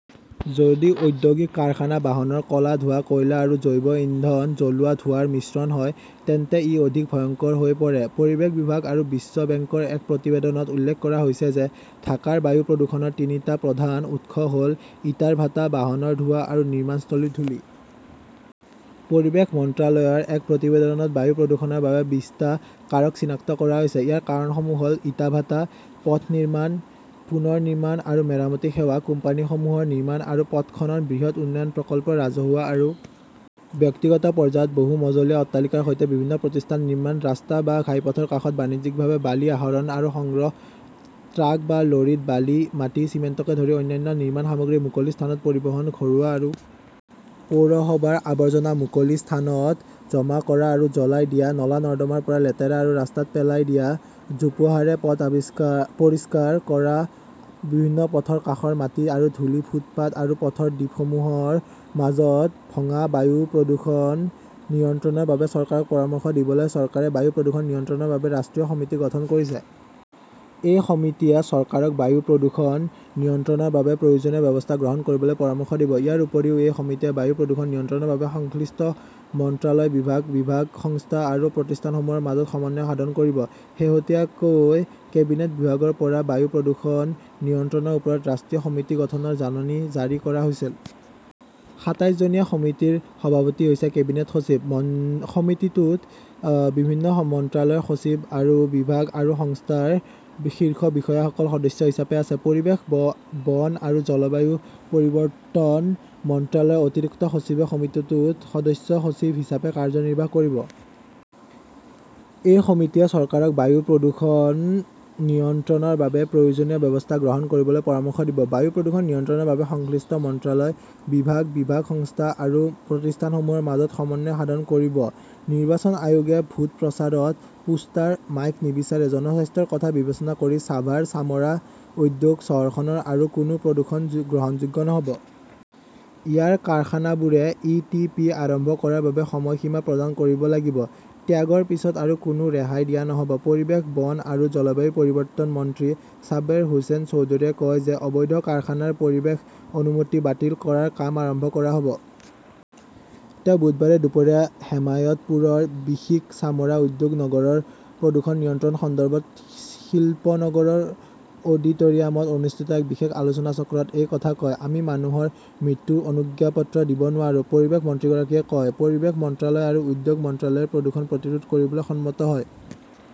যদি ঔদ্যোগিক কাৰখানা, বাহনৰ ক 'লা ধোঁৱা, কয়লা আৰু জৈৱ ইন্ধন জ্বলোৱা ধোঁৱাৰ মিশ্ৰণ হয়, তেন্তে ই অধিক ভয়ংকৰ হৈ পৰে। পৰিৱেশ বিভাগ আৰু বিশ্ব বেংকৰ এক প্ৰতিবেদনত উল্লেখ কৰা হৈছে যে, ঢাকাৰ বায়ু প্ৰদূষণৰ তিনিটা প্ৰধান উৎস হ'ল- ইটাৰ ভাটা, বাহনৰ ধোঁৱা আৰু নিৰ্মাণস্থলীৰ ধূলি। পৰিৱেশ মন্ত্ৰালয়ৰ এক প্ৰতিবেদনত বায়ু প্ৰদূষণৰ বাবে বিছটা কাৰক চিনাক্ত কৰা হৈছে। ইয়াৰ কাৰণসমূহ হ'ল ইটাভাটা, পথ নিৰ্মাণ, পুনৰ নিৰ্মাণ আৰু মেৰামতি সেৱা, কোম্পানীসমূহৰ নিৰ্মাণ আৰু পথ খনন, বৃহৎ উন্নয়ন প্ৰকল্প, ৰাজহুৱা আৰু ব্যক্তিগত পৰ্যায়ত বহু মজলীয়া অট্টালিকাৰ সৈতে বিভিন্ন প্ৰতিষ্ঠান নিৰ্মাণ, ৰাস্তা বা ঘাইপথৰ কাষত বাণিজ্যিকভাৱে বালি আহৰণ আৰু সংগ্ৰহ, ট্ৰাক বা লৰীত বালি, মাটি, চিমেণ্টকে ধৰি অন্যান্য নিৰ্মাণ সামগ্ৰী মুকলি স্থানত পৰিবহণ, ঘৰুৱা আৰু পৌৰসভাৰ আৱৰ্জনা মুকলি স্থানত জমা কৰা আৰু জ্বলাই দিয়া, নলা-নৰ্দমাৰ পৰা লেতেৰা আৰু ৰাস্তাত পেলাই দিয়া, জোপোহাৰে পথ পৰিষ্কাৰ কৰা, বিভিন্ন পথৰ কাষৰ মাটি আৰু ধূলি, ফুটপাত আৰু পথৰ দ্বীপসমূহৰ মাজত ভঙা বায়ু প্ৰদূষণ নিয়ন্ত্ৰণৰ বাবে চৰকাৰক পৰামৰ্শ দিবলৈ চৰকাৰে বায়ু প্ৰদূষণ নিয়ন্ত্ৰণৰ বাবে ৰাষ্ট্ৰীয় সমিতি গঠন কৰিছে। এই সমিতিয়ে চৰকাৰক বায়ু প্ৰদূষণ নিয়ন্ত্ৰণৰ বাবে প্ৰয়োজনীয় ব্যৱস্থা গ্ৰহণ কৰিবলৈ পৰামৰ্শ দিব। ইয়াৰ উপৰিও, এই সমিতিয়ে বায়ু প্ৰদূষণ নিয়ন্ত্ৰণৰ বাবে সংশ্লিষ্ট মন্ত্ৰালয়, বিভাগ, বিভাগ, সংস্থা আৰু প্ৰতিষ্ঠানসমূহৰ মাজত সমন্বয় সাধন কৰিব। শেহতীয়াকৈ কেবিনেট বিভাগৰ পৰা বায়ু প্ৰদূষণ নিয়ন্ত্ৰণৰ ওপৰত ৰাষ্ট্ৰীয় সমিতি গঠনৰ জাননী জাৰি কৰা হৈছিল। সাতাইছ জনীয়া সমিতিৰ সভাপতি হৈছে কেবিনেট সচিব। সমিতিটোত বিভিন্ন মন্ত্ৰালয়ৰ সচিব আৰু বিভাগ আৰু সংস্থাৰ শীৰ্ষ বিষয়াসকল সদস্য হিচাপে আছে। পৰিৱেশ, বন আৰু জলবায়ু পৰিৱৰ্তন মন্ত্ৰালয়ৰ অতিৰিক্ত সচিবে সমিতিটোত সদস্য সচিব হিচাপে কাৰ্যনিৰ্বাহ কৰিব। এই সমিতিয়ে চৰকাৰক বায়ু প্ৰদূষণ নিয়ন্ত্ৰণৰ বাবে প্ৰয়োজনীয় ব্যৱস্থা গ্ৰহণ কৰিবলৈ পৰামৰ্শ দিব। বায়ু প্ৰদূষণ নিয়ন্ত্ৰণৰ বাবে সংশ্লিষ্ট মন্ত্ৰালয়, বিভাগ, বিভাগ, সংস্থা আৰু প্ৰতিষ্ঠানসমূহৰ মাজত সমন্বয় সাধন কৰিব। নিৰ্বাচন আয়োগে ভোট প্ৰচাৰত পোষ্টাৰ মাইক নিবিচাৰে জনস্বাস্থ্যৰ কথা বিবেচনা কৰি ছাভাৰ চামৰা উদ্যোগ চহৰখনৰ আৰু কোনো প্ৰদূষণ গ্ৰহণযোগ্য নহ'ব। ইয়াৰ কাৰখানাবোৰে ই. টি. পি. আৰম্ভ কৰাৰ বাবে সময়সীমা প্ৰদান কৰিব লাগিব। ত্যাগৰ পিছত আৰু কোনো ৰেহাই দিয়া নহ'ব। পৰিৱেশ, বন আৰু জলবায়ু পৰিৱৰ্তন মন্ত্ৰী ছাবেৰ হোসেন চৌধুৰীয়ে কয় যে, অবৈধ কাৰখানাৰ পৰিৱেশ অনুমতি বাতিল কৰাৰ কাম আৰম্ভ কৰা হ'ব। তেওঁ বুধবাৰে দুপৰীয়া হেমায়তপুৰৰ বিসিক চামৰা উদ্যোগ নগৰৰ প্ৰদূষণ নিয়ন্ত্ৰণ সন্দৰ্ভত শিল্পনগৰৰ অডিট'ৰিয়ামত অনুষ্ঠিত এক বিশেষ আলোচনাচক্ৰত এই কথা কয়। আমি মানুহৰ মৃত্যুৰ অনুজ্ঞাপত্ৰ দিব নোৱাৰো, পৰিৱেশ মন্ত্ৰীগৰাকীয়ে কয়। পৰিৱেশ মন্ত্ৰালয় আৰু উদ্যোগ মন্ত্ৰালয়ে প্ৰদূষণ প্ৰতিৰোধ কৰিবলৈ সন্মত হয়।